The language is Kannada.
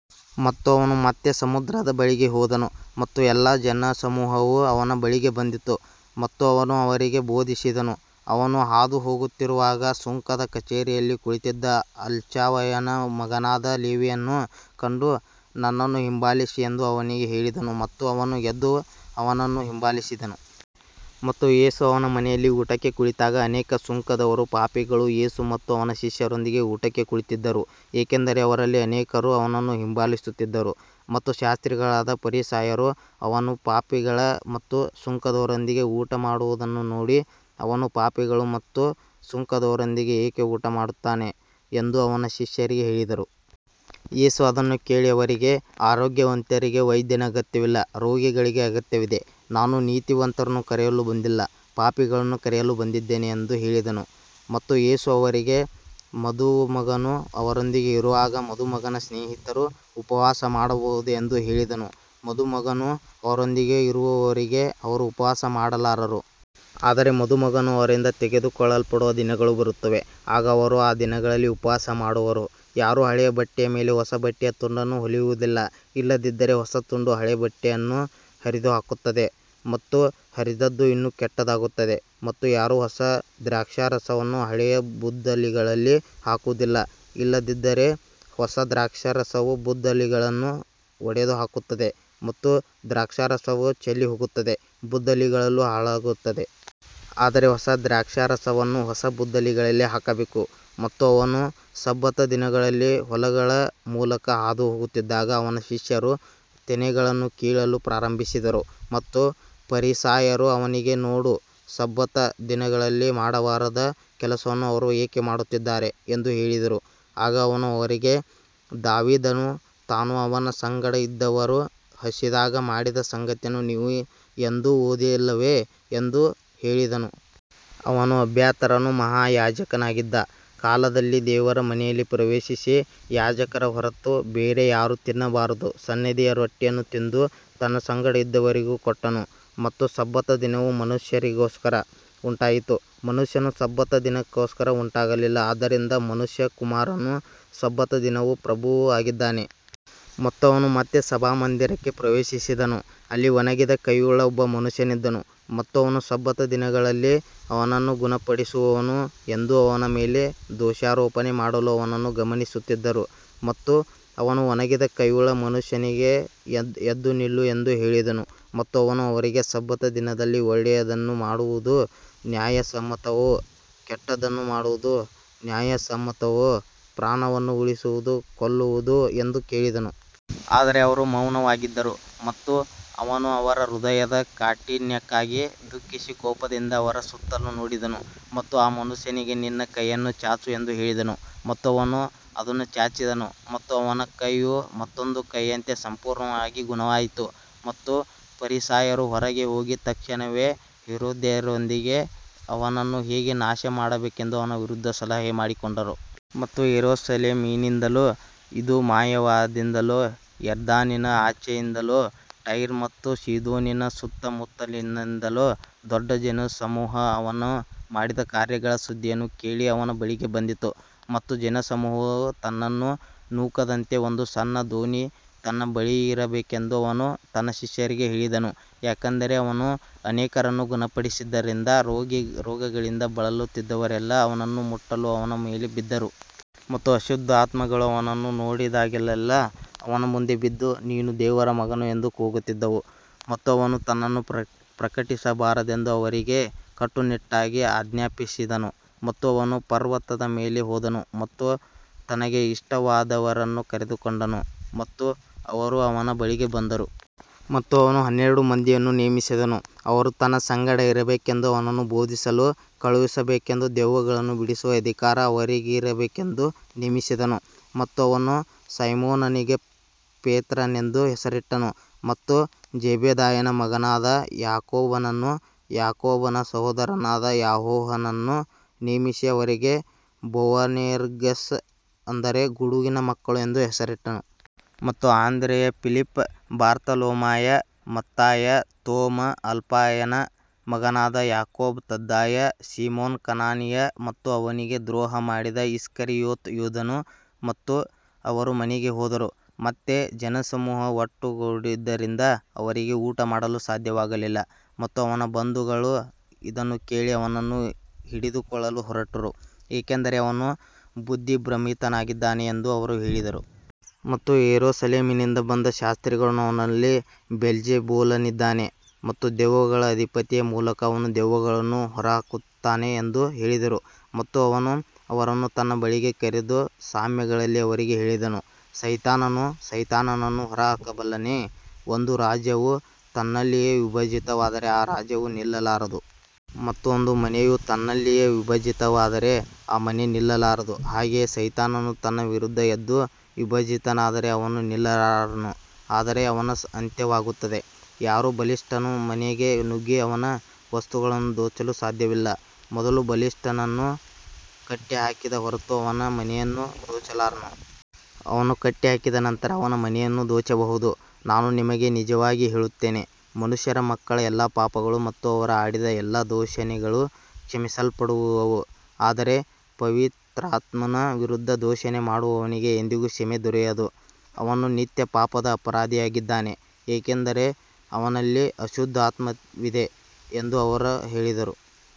ಮತ್ತು ಅವನು ಮತ್ತೆ ಸಮುದ್ರದ ಬಳಿಗೆ ಹೋದನು, ಮತ್ತು ಎಲ್ಲಾ ಜನಸಮೂಹವು ಅವನ ಬಳಿಗೆ ಬಂದಿತು, ಮತ್ತು ಅವನು ಅವರಿಗೆ ಬೋಧಿಸಿದನು. ಅವನು ಹಾದುಹೋಗುತ್ತಿರುವಾಗ ಸುಂಕದ ಕಚೇರಿಯಲ್ಲಿ ಕುಳಿತಿದ್ದ ಅಲ್ಫಾಯನ ಮಗನಾದ ಲೇವಿಯನ್ನು ಕಂಡು, ನನ್ನನ್ನು ಹಿಂಬಾಲಿಸು ಎಂದು ಅವನಿಗೆ ಹೇಳಿದನು. ಮತ್ತು ಅವನು ಎದ್ದು ಅವನನ್ನು ಹಿಂಬಾಲಿಸಿದನು. ಮತ್ತು ಯೇಸು ಅವನ ಮನೆಯಲ್ಲಿ ಊಟಕ್ಕೆ ಕುಳಿತಾಗ, ಅನೇಕ ಸುಂಕದವರೂ ಪಾಪಿಗಳೂ ಯೇಸು ಮತ್ತು ಅವನ ಶಿಷ್ಯರೊಂದಿಗೆ ಊಟಕ್ಕೆ ಕುಳಿತಿದ್ದರು, ಏಕೆಂದರೆ ಅವರಲ್ಲಿ ಅನೇಕರು ಅವನನ್ನು ಹಿಂಬಾಲಿಸುತ್ತಿದ್ದರು. ಮತ್ತು ಶಾಸ್ತ್ರಿಗಳಾದ ಫರಿಸಾಯರು ಅವನು ಪಾಪಿಗಳ ಮತ್ತು ಸುಂಕದವರೊಂದಿಗೆ ಊಟಮಾಡುವುದನ್ನು ನೋಡಿ, ಅವನು ಪಾಪಿಗಳ ಮತ್ತು ಸುಂಕದವರೊಂದಿಗೆ ಏಕೆ ಊಟಮಾಡುತ್ತಾನೆ ಎಂದು ಅವನ ಶಿಷ್ಯರಿಗೆ ಹೇಳಿದರು. ಯೇಸು ಅದನ್ನು ಕೇಳಿ ಅವರಿಗೆ, ಆರೋಗ್ಯವಂತರಿಗೆ ವೈದ್ಯನ ಅಗತ್ಯವಿಲ್ಲ, ರೋಗಿಗಳಿಗೆ ಅಗತ್ಯವಿದೆ, ನಾನು ನೀತಿವಂತರನ್ನು ಕರೆಯಲು ಬಂದಿಲ್ಲ, ಪಾಪಿಗಳನ್ನು ಕರೆಯಲು ಬಂದಿದ್ದೇನೆ ಎಂದು ಹೇಳಿದನು. ಮತ್ತು ಯೇಸು ಅವರಿಗೆ, ಮದುಮಗನು ಅವರೊಂದಿಗೆ ಇರುವಾಗ ಮದುಮಗನ ಸ್ನೇಹಿತರು ಉಪವಾಸ ಮಾಡಬಹುದೇ ಎಂದು ಹೇಳಿದನು. ಮದುಮಗನು ಅವರೊಂದಿಗೆ ಇರುವವರೆಗೆ ಅವರು ಉಪವಾಸ ಮಾಡಲಾರರು. ಆದರೆ ಮದುಮಗನು ಅವರಿಂದ ತೆಗೆದುಕೊಳ್ಳಲ್ಪಡುವ ದಿನಗಳು ಬರುತ್ತವೆ, ಆಗ ಅವರು ಆ ದಿನಗಳಲ್ಲಿ ಉಪವಾಸ ಮಾಡುವರು. ಯಾರೂ ಹಳೆಯ ಬಟ್ಟೆಯ ಮೇಲೆ ಹೊಸ ಬಟ್ಟೆಯ ತುಂಡನ್ನು ಹೊಲಿಯುವುದಿಲ್ಲ, ಇಲ್ಲದಿದ್ದರೆ ಹೊಸ ತುಂಡು ಹಳೆಯ ಬಟ್ಟೆಯನ್ನು ಹರಿದುಹಾಕುತ್ತದೆ ಮತ್ತು ಹರಿದದ್ದು ಇನ್ನೂ ಕೆಟ್ಟದಾಗುತ್ತದೆ. ಮತ್ತು ಯಾರೂ ಹೊಸ ದ್ರಾಕ್ಷಾರಸವನ್ನು ಹಳೆಯ ಬುದ್ದಲಿಗಳಲ್ಲಿ ಹಾಕುವುದಿಲ್ಲ, ಇಲ್ಲದಿದ್ದರೆ ಹೊಸ ದ್ರಾಕ್ಷಾರಸವು ಬುದ್ದಲಿಗಳನ್ನು ಒಡೆದುಹಾಕುತ್ತದೆ, ಮತ್ತು ದ್ರಾಕ್ಷಾರಸವೂ ಚೆಲ್ಲಿಹೋಗುತ್ತದೆ, ಬುದ್ದಲಿಗಳೂ ಹಾಳಾಗುತ್ತವೆ. ಆದರೆ ಹೊಸ ದ್ರಾಕ್ಷಾರಸವನ್ನು ಹೊಸ ಬುದ್ದಲಿಗಳಲ್ಲಿ ಹಾಕಬೇಕು. ಮತ್ತು ಅವನು ಸಬ್ಬತ್ ದಿನದಲ್ಲಿ ಹೊಲಗಳ ಮೂಲಕ ಹಾದುಹೋಗುತ್ತಿದ್ದಾಗ, ಅವನ ಶಿಷ್ಯರು ತೆನೆಗಳನ್ನು ಕೀಳಲು ಪ್ರಾರಂಭಿಸಿದರು. ಮತ್ತು ಫರಿಸಾಯರು ಅವನಿಗೆ, ನೋಡು, ಸಬ್ಬತ್ ದಿನದಲ್ಲಿ ಮಾಡಬಾರದ ಕೆಲಸವನ್ನು ಅವರು ಏಕೆ ಮಾಡುತ್ತಿದ್ದಾರೆ ಎಂದು ಹೇಳಿದರು. ಆಗ ಅವನು ಅವರಿಗೆ, ದಾವೀದನು ತಾನೂ ಅವನ ಸಂಗಡ ಇದ್ದವರೂ ಹಸಿದಾಗ ಮಾಡಿದ ಸಂಗತಿಯನ್ನು ನೀವು ಎಂದೂ ಓದಿಲ್ಲವೇ ಎಂದು ಹೇಳಿದನು. ಅವನು ಅಬ್ಯಾಥರನು ಮಹಾಯಾಜಕನಾಗಿದ್ದ ಕಾಲದಲ್ಲಿ ದೇವರ ಮನೆಯಲ್ಲಿ ಪ್ರವೇಶಿಸಿ, ಯಾಜಕರ ಹೊರತು ಬೇರೆ ಯಾರೂ ತಿನ್ನಬಾರದ ಸನ್ನಿಧಿಯ ರೊಟ್ಟಿಯನ್ನು ತಿಂದು, ತನ್ನ ಸಂಗಡ ಇದ್ದವರಿಗೂ ಕೊಟ್ಟನು. ಮತ್ತು ಸಬ್ಬತ್ ದಿನವು ಮನುಷ್ಯನಿಗೋಸ್ಕರ ಉಂಟಾಯಿತು, ಮನುಷ್ಯನು ಸಬ್ಬತ್ ದಿನಕ್ಕೋಸ್ಕರ ಉಂಟಾಗಲಿಲ್ಲ. ಆದ್ದರಿಂದ ಮನುಷ್ಯಕುಮಾರನು ಸಬ್ಬತ್ ದಿನದ ಪ್ರಭುವೂ ಆಗಿದ್ದಾನೆ. ಮತ್ತು ಅವನು ಮತ್ತೆ ಸಭಾಮಂದಿರಕ್ಕೆ ಪ್ರವೇಶಿಸಿದನು. ಅಲ್ಲಿ ಒಣಗಿದ ಕೈಯುಳ್ಳ ಒಬ್ಬ ಮನುಷ್ಯನಿದ್ದನು. ಮತ್ತು ಅವರು ಸಬ್ಬತ್ ದಿನದಲ್ಲಿ ಅವನನ್ನು ಗುಣಪಡಿಸುವನೋ ಎಂದು ಅವನ ಮೇಲೆ ದೋಷಾರೋಪಣೆ ಮಾಡಲು ಅವನನ್ನು ಗಮನಿಸುತ್ತಿದ್ದರು. ಮತ್ತು ಅವನು ಒಣಗಿದ ಕೈಯುಳ್ಳ ಮನುಷ್ಯನಿಗೆ, ಎದ್ದು ನಿಲ್ಲು ಎಂದು ಹೇಳಿದನು. ಮತ್ತು ಅವನು ಅವರಿಗೆ, ಸಬ್ಬತ್ ದಿನದಲ್ಲಿ ಒಳ್ಳೆಯದನ್ನು ಮಾಡುವುದು ನ್ಯಾಯಸಮ್ಮತವೋ, ಕೆಟ್ಟದ್ದನ್ನು ಮಾಡುವುದು ನ್ಯಾಯಸಮ್ಮತವೋ, ಪ್ರಾಣವನ್ನು ಉಳಿಸುವುದೋ, ಕೊಲ್ಲುವುದೋ ಎಂದು ಕೇಳಿದನು. ಆದರೆ ಅವರು ಮೌನವಾಗಿದ್ದರು. ಮತ್ತು ಅವನು ಅವರ ಹೃದಯದ ಕಾಠಿಣ್ಯಕ್ಕಾಗಿ ದುಃಖಿಸಿ, ಕೋಪದಿಂದ ಅವರ ಸುತ್ತಲೂ ನೋಡಿದನು ಮತ್ತು ಆ ಮನುಷ್ಯನಿಗೆ, ನಿನ್ನ ಕೈಯನ್ನು ಚಾಚು ಎಂದು ಹೇಳಿದನು. ಮತ್ತು ಅವನು ಅದನ್ನು ಚಾಚಿದನು, ಮತ್ತು ಅವನ ಕೈಯು ಮತ್ತೊಂದು ಕೈಯಂತೆ ಸಂಪೂರ್ಣವಾಗಿ ಗುಣವಾಯಿತು. ಮತ್ತು ಫರಿಸಾಯರು ಹೊರಗೆ ಹೋಗಿ, ತಕ್ಷಣವೇ ಹೆರೋದ್ಯರೊಂದಿಗೆ ಅವನನ್ನು ಹೇಗೆ ನಾಶಮಾಡಬೇಕೆಂದು ಅವನ ವಿರುದ್ಧ ಸಲಹೆ ಮಾಡಿಕೊಂಡರು. ಮತ್ತು ಯೆರೂಸಲೇಮಿನಿಂದಲೂ, ಇದೂಮಾಯದಿಂದಲೂ, ಯೊರ್ದಾನಿನ ಆಚೆಯಿಂದಲೂ, ಟೈರ್ ಮತ್ತು ಸೀದೋನಿನ ಸುತ್ತಮುತ್ತಲಿನಿಂದಲೂ ದೊಡ್ಡ ಜನಸಮೂಹವು ಅವನು ಮಾಡಿದ ಕಾರ್ಯಗಳ ಸುದ್ದಿಯನ್ನು ಕೇಳಿ ಅವನ ಬಳಿಗೆ ಬಂದಿತು. ಮತ್ತು ಜನಸಮೂಹವು ತನ್ನನ್ನು ನೂಕದಂತೆ ಒಂದು ಸಣ್ಣ ದೋಣಿ ತನ್ನ ಬಳಿಯಿರಬೇಕೆಂದು ಅವನು ತನ್ನ ಶಿಷ್ಯರಿಗೆ ಹೇಳಿದನು. ಯಾಕಂದರೆ ಅವನು ಅನೇಕರನ್ನು ಗುಣಪಡಿಸಿದ್ದರಿಂದ, ರೋಗಗಳಿಂದ ಬಳಲುತ್ತಿದ್ದವರೆಲ್ಲರೂ ಅವನನ್ನು ಮುಟ್ಟಲು ಅವನ ಮೇಲೆ ಬಿದ್ದರು. ಮತ್ತು ಅಶುದ್ಧಾತ್ಮಗಳು ಅವನನ್ನು ನೋಡಿದಾಗಲೆಲ್ಲಾ ಅವನ ಮುಂದೆ ಬಿದ್ದು, ನೀನು ದೇವರ ಮಗನು ಎಂದು ಕೂಗುತ್ತಿದ್ದವು. ಮತ್ತು ಅವನು ತನ್ನನ್ನು ಪ್ರಕಟಿಸಬಾರದೆಂದು ಅವರಿಗೆ ಕಟ್ಟುನಿಟ್ಟಾಗಿ ಆಜ್ಞಾಪಿಸಿದನು. ಮತ್ತು ಅವನು ಪರ್ವತದ ಮೇಲೆ ಹೋದನು ಮತ್ತು ತನಗೆ ಇಷ್ಟವಾದವರನ್ನು ಕರೆದುಕೊಂಡನು, ಮತ್ತು ಅವರು ಅವನ ಬಳಿಗೆ ಬಂದರು. ಮತ್ತು ಅವನು ಹನ್ನೆರಡು ಮಂದಿಯನ್ನು ನೇಮಿಸಿದನು, ಅವರು ತನ್ನ ಸಂಗಡ ಇರಬೇಕೆಂದೂ ಅವರನ್ನು ಬೋಧಿಸಲು ಕಳುಹಿಸಬೇಕೆಂದೂ, ದೆವ್ವಗಳನ್ನು ಬಿಡಿಸುವ ಅಧಿಕಾರ ಅವರಿಗಿರಬೇಕೆಂದೂ ನೇಮಿಸಿದನು. ಮತ್ತು ಅವನು ಸೈಮೋನನಿಗೆ ಪೇತ್ರನೆಂದು ಹೆಸರಿಟ್ಟನು. ಮತ್ತು ಜೆಬೆದಾಯನ ಮಗನಾದ ಯಾಕೋಬನನ್ನೂ, ಯಾಕೋಬನ ಸಹೋದರನಾದ ಯೋಹಾನನನ್ನೂ ನೇಮಿಸಿ, ಅವರಿಗೆ ಬೋವನೆರ್ಗೆಸ್, ಅಂದರೆ ಗುಡುಗಿನ ಮಕ್ಕಳು ಎಂದು ಹೆಸರಿಟ್ಟನು. ಮತ್ತು ಆಂದ್ರೆಯ, ಫಿಲಿಪ್ಪ, ಬಾರ್ತಲೋಮಾಯ, ಮತ್ತಾಯ, ತೋಮ, ಅಲ್ಫಾಯನ ಮಗನಾದ ಯಾಕೋಬ, ತದ್ದಾಯ, ಸೀಮೋನ ಕನಾನೀಯ, ಮತ್ತು ಅವನಿಗೆ ದ್ರೋಹ ಮಾಡಿದ ಇಸ್ಕರಿಯೋತ ಯೂದನು. ಮತ್ತು ಅವರು ಮನೆಗೆ ಹೋದರು. ಮತ್ತೆ ಜನಸಮೂಹವು ಒಟ್ಟುಗೂಡಿದ್ದರಿಂದ ಅವರಿಗೆ ಊಟಮಾಡಲೂ ಸಾಧ್ಯವಾಗಲಿಲ್ಲ. ಮತ್ತು ಅವನ ಬಂಧುಗಳು ಇದನ್ನು ಕೇಳಿ, ಅವನನ್ನು ಹಿಡಿದುಕೊಳ್ಳಲು ಹೊರಟರು, ಏಕೆಂದರೆ ಅವನು ಬುದ್ಧಿಭ್ರಮಿತನಾಗಿದ್ದಾನೆ ಎಂದು ಅವರು ಹೇಳಿದರು. ಮತ್ತು ಯೆರೂಸಲೇಮಿನಿಂದ ಬಂದ ಶಾಸ್ತ್ರಿಗಳು, ಅವನಲ್ಲಿ ಬೆಲ್ಜೆಬೂಲನಿದ್ದಾನೆ ಮತ್ತು ದೆವ್ವಗಳ ಅಧಿಪತಿಯ ಮೂಲಕ ಅವನು ದೆವ್ವಗಳನ್ನು ಹೊರಹಾಕುತ್ತಾನೆ ಎಂದು ಹೇಳಿದರು. ಮತ್ತು ಅವನು ಅವರನ್ನು ತನ್ನ ಬಳಿಗೆ ಕರೆದು ಸಾಮ್ಯಗಳಲ್ಲಿ ಅವರಿಗೆ ಹೇಳಿದನು, ಸೈತಾನನು ಸೈತಾನನನ್ನು ಹೊರಹಾಕಬಲ್ಲನೆ? ಒಂದು ರಾಜ್ಯವು ತನ್ನಲ್ಲಿಯೇ ವಿಭಜಿತವಾದರೆ ಆ ರಾಜ್ಯವು ನಿಲ್ಲಲಾರದು. ಮತ್ತು ಒಂದು ಮನೆಯು ತನ್ನಲ್ಲಿಯೇ ವಿಭಜಿತವಾದರೆ ಆ ಮನೆ ನಿಲ್ಲಲಾರದು. ಹಾಗೆಯೇ ಸೈತಾನನು ತನ್ನ ವಿರುದ್ಧ ಎದ್ದು ವಿಭಜಿತನಾದರೆ ಅವನು ನಿಲ್ಲಲಾರನು, ಆದರೆ ಅವನ ಅಂತ್ಯವಾಗುತ್ತದೆ. ಯಾರೂ ಬಲಿಷ್ಠನ ಮನೆಗೆ ನುಗ್ಗಿ ಅವನ ವಸ್ತುಗಳನ್ನು ದೋಚಲು ಸಾಧ್ಯವಿಲ್ಲ, ಮೊದಲು ಬಲಿಷ್ಠನನ್ನು ಕಟ್ಟಿಹಾಕಿದ ಹೊರತು ಅವನ ಮನೆಯನ್ನು ದೋಚಲಾರನು. ಅವನು ಕಟ್ಟಿಹಾಕಿದ ನಂತರ ಅವನ ಮನೆಯನ್ನು ದೋಚಬಹುದು. ನಾನು ನಿಮಗೆ ನಿಜವಾಗಿ ಹೇಳುತ್ತೇನೆ, ಮನುಷ್ಯರ ಮಕ್ಕಳ ಎಲ್ಲಾ ಪಾಪಗಳೂ ಮತ್ತು ಅವರು ಆಡಿದ ಎಲ್ಲಾ ದೂಷಣೆಗಳೂ ಕ್ಷಮಿಸಲ್ಪಡುವವು. ಆದರೆ ಪವಿತ್ರಾತ್ಮನ ವಿರುದ್ಧ ದೂಷಣೆ ಮಾಡುವವನಿಗೆ ಎಂದಿಗೂ ಕ್ಷಮೆ ದೊರೆಯದು, ಅವನು ನಿತ್ಯ ಪಾಪದ ಅಪರಾಧಿಯಾಗಿದ್ದಾನೆ. ಏಕೆಂದರೆ ಅವನಲ್ಲಿ ಅಶುದ್ಧಾತ್ಮವಿದೆ ಎಂದು ಅವರು ಹೇಳಿದರು.